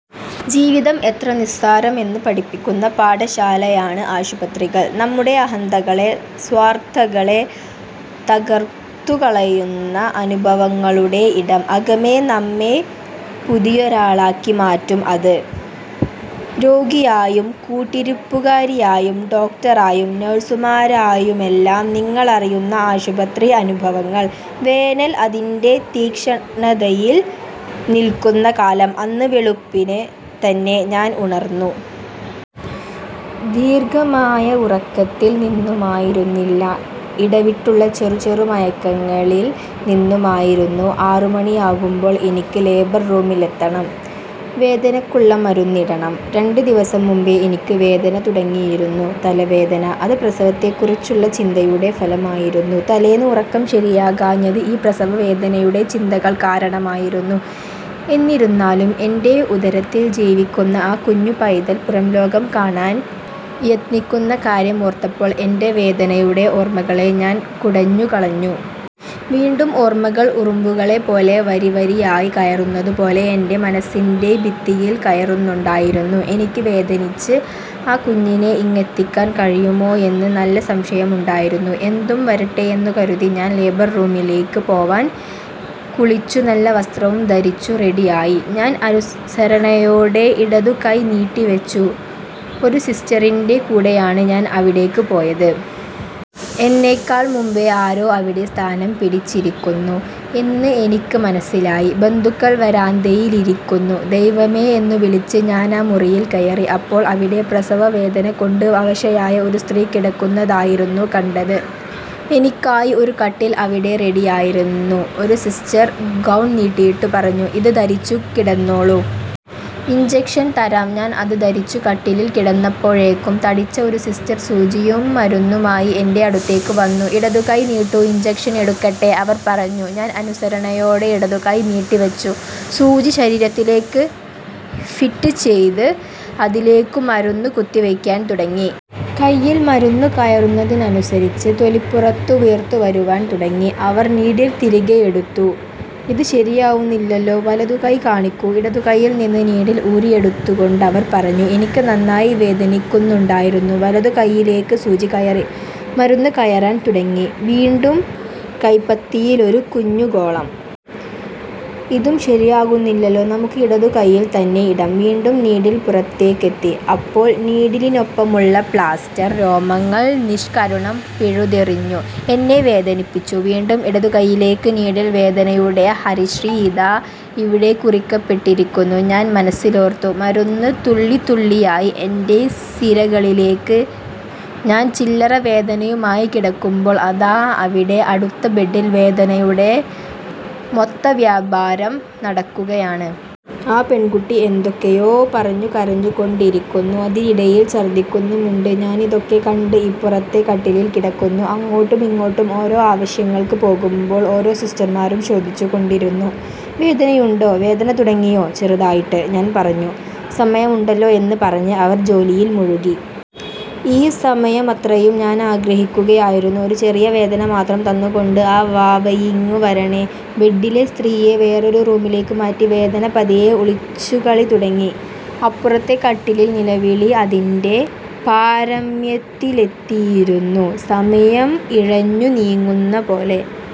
ജീവിതം എത്ര നിസ്സാരമെന്ന് പഠിപ്പിക്കുന്ന പാഠശാലയാണ് ആശുപത്രികള്‍. നമ്മുടെ അഹന്തകളെ, സ്വാര്‍ത്ഥകളെ തകര്‍ത്തുകളയുന്ന അനുഭവങ്ങളുടെ ഇടം. അകമേ നമ്മെ പുതിയൊരാളാക്കി മാറ്റും അത്. രോഗിയായും കൂട്ടിരിപ്പുകാരായും ഡോക്ടറായും നഴ്സുമാരായുമെല്ലാം നിങ്ങളറിയുന്ന ആശുപത്രി അനുഭവങ്ങള്‍. വേനൽ അതിന്‍റെ തീക്ഷ്ണതയിൽ നിൽക്കുന്ന കാലം. അന്ന് വെളുപ്പിന് തന്നെ ഞാൻ ഉണർന്നു. ദീർഘമായ ഉറക്കത്തിൽ നിന്നുമായിരുന്നില്ല ഇടവിട്ടുള്ള ചെറു ചെറു മയക്കങ്ങളിൽ നിന്നുമായിരുന്നു. ആറുമണിയാകുമ്പോൾ എനിക്ക് ലേബർ റൂമിലെത്തണം, വേദനക്കുള്ള മരുന്നിടണം. രണ്ട് ദിവസം മുമ്പേ എനിക്ക് വേദനതുടങ്ങിയിരുന്നു. തലവേദന. അത് പ്രസവത്തെക്കുറിച്ചുള്ള ചിന്തയുടെ ഫലമായിരുന്നു. തലേന്ന് ഉറക്കം ശരിയാകാഞ്ഞത് ഈ പ്രസവവേദനയുടെ ചിന്തകൾ കാരണമായിരുന്നു. എന്നിരുന്നാലും എന്റെ ഉദരത്തിൽ ജീവിക്കുന്ന ആ കുഞ്ഞുപൈതൽ പുറംലോകം കാണാൻ യത്നിക്കുന്ന കാര്യമോർത്തപ്പോൾ എന്‍റെ വേദനയുടെ ഓർമകളെ ഞാൻ കുടഞ്ഞു കളഞ്ഞു. വീണ്ടും ഓർമ്മകൾ ഉറുമ്പുകളെ പോലെ വരിവരിയായി കയറുന്നതുപോലെ എന്‍റെ മനസ്സിന്‍റെ ഭിത്തിയിൽ കയറുന്നുണ്ടായിരുന്നു. എനിക്ക് വേദനിച്ച് ആ കുഞ്ഞിനെ ഇങ്ങെത്തിക്കാൻ കഴിയുമോയെന്ന് നല്ല സംശയമുണ്ടായിരുന്നു. എന്തും വരട്ടെയെന്നു കരുതി ഞാൻ ലേബർറൂമിലേക്കു പോവാൻ കുളിച്ചു നല്ല വസ്ത്രവും ധരിച്ചു റെഡി ആയി. ഞാൻ അനുസരണയോടെ ഇടതു കൈ നീട്ടി വച്ചു ഒരു സിസ്റ്ററിന്‍റെ കൂടെയാണ് ഞാൻ അവിടേക്ക് പോയത്. എന്നേക്കാൾ മുമ്പേ ആരോ അവിടെ സ്ഥാനം പിടിച്ചിരിക്കുന്നു എന്ന് എനിക്ക് മനസ്സിലായി ബന്ധുക്കൾ വരാന്തയിലിരിക്കുന്നു. ' ദൈവമേ ' എന്നുവിളിച്ച് ഞാനാ മുറിയിൽ കയറി. അപ്പോൾ അവിടെ പ്രസവവേദന കൊണ്ട് അവശയായ ഒരു സ്ത്രീ കിടക്കുന്നതായിരുന്നു കണ്ടത്. എനിക്കായി ഒരു കട്ടിൽ അവിടെ റെഡിയായിരുന്നു. ഒരു സിസ്റ്റർ ഗൗൺ നീട്ടിയിട്ടു പറഞ്ഞു, " ഇത് ധരിച്ചു കിടന്നോളൂ. ഇൻജെക്ഷൻ തരാം. " ഞാൻ അത് ധരിച്ചു കട്ടിലിൽ കിടന്നപ്പോഴേക്കും തടിച്ച ഒരു സിസ്റ്റർ സൂചിയും മരുന്നുമായി എന്റെ അടുത്തേക്കു വന്നു. " ഇടതു കൈ നീട്ടൂ, ഇൻജക്ഷൻ എടുക്കട്ടേ '' അവർ പറഞ്ഞു. ഞാൻ അനുസരണയോടെ ഇടതു കൈ നീട്ടി വച്ചു. സൂചി ശരീരത്തിലേക്ക് ഫിറ്റ് ചെയ്ത് അതിലേക്കു മരുന്ന് കുത്തിവയ്ക്കാൻ തുടങ്ങി. കൈയിൽ മരുന്ന് കയറുന്നതിനനുസരിച്ച് തൊലിപ്പുറത്തു വീർത്തു വരുവാൻ തുടങ്ങി. അവർ നീഡിൽ തിരികെയെടുത്തു. " ഇത് ശരിയാവുന്നില്ലല്ലോ, വലതു കൈ കാണിക്കൂ. " ഇടതു കൈയിൽ നിന്ന് നീഡിൽ ഊരിയെടുത്തുകൊണ്ടവർ പറഞ്ഞു. എനിക്ക് നന്നായി വേദനിക്കുന്നുണ്ടായിരുന്നു. വലതു കൈയിലേക്ക് സൂചികയറി. മരുന്ന് കയറാൻ തുടങ്ങി. വീണ്ടും കൈപ്പത്തിയിലൊരു കുഞ്ഞുഗോളം. " ഇതും ശരിയാകുന്നില്ലല്ലോ, നമുക്ക് ഇടതുകൈയിൽ തന്നെ ഇടാം ". വീണ്ടും നീഡിൽ പുറത്തേക്കെത്തി. അപ്പോൾ നീഡിലിനൊപ്പമുള്ള പ്ലാസ്റ്റർ, രോമങ്ങൾ നിഷ്കരുണം പിഴുതെറിഞ്ഞു. എന്നെ വേദനിപ്പിച്ചു. വീണ്ടും ഇടതുകയ്യിലേക്ക് നീഡിൽ വേദനയുടെ ഹരിശ്രീ ഇതാ ഇവിടെ കുറിക്കപ്പെട്ടിരിക്കുന്നു, ഞാൻ മനസ്സിലോർത്തു. മരുന്ന്, തുള്ളിതുള്ളിയായി എന്‍റെ സിരകളിലേക്ക് ഞാൻചില്ലറ വേദനയുമായി കിടക്കുമ്പോൾ അതാ അവിടെ അടുത്ത ബെഡ്ഡിൽ വേദനയുടെ മൊത്തവ്യാപാരം നടക്കുകയാണ്. ആ പെൺകുട്ടി എന്തൊക്കെയോ പറഞ്ഞു കരഞ്ഞു കൊണ്ടിരിക്കുന്നു. അതിനിടയിൽ ഛർദിക്കുന്നുമുണ്ട്. ഞാനിതൊക്കെ കണ്ട് ഇപ്പുറത്തെ കട്ടിലിൽ കിടന്നു. അങ്ങോട്ടുമിങ്ങോട്ടും ഓരോ ആവശ്യങ്ങൾക്ക് പോകുമ്പോൾ ഓരോ സിസ്റ്റർമാരും ചോദിച്ചു കൊണ്ടിരുന്നു, " വേദനയുണ്ടോ "," വേദന തുടങ്ങിയോ? ''," ചെറുതായിട്ടുണ്ട് " ഞാൻ പറഞ്ഞു, " സമയമുണ്ടല്ലോ " എന്ന് പറഞ്ഞ് അവർ ജോലിയിൽ മുഴുകി. ഈ സമയമത്രയും ഞാനാഗ്രഹിക്കുകയായിരുന്നു ഈ ചെറിയ വേദന മാത്രം തന്നുകൊണ്ടു ആ വാവയിങ്ങു വരണേ. ബെഡ്ഡിലെ സ്ത്രീയെ വേറൊരു റൂമിലേക്ക് മാറ്റി വേദന പതിയെ ഒളിച്ചുകളി തുടങ്ങി. അപ്പുറത്തെ കട്ടിലിൽ നിലവിളി അതിന്‍റെ പാരമ്യത്തിലെത്തിയിരുന്നു. സമയം ഇഴഞ്ഞു നീങ്ങുന്നപോലെ.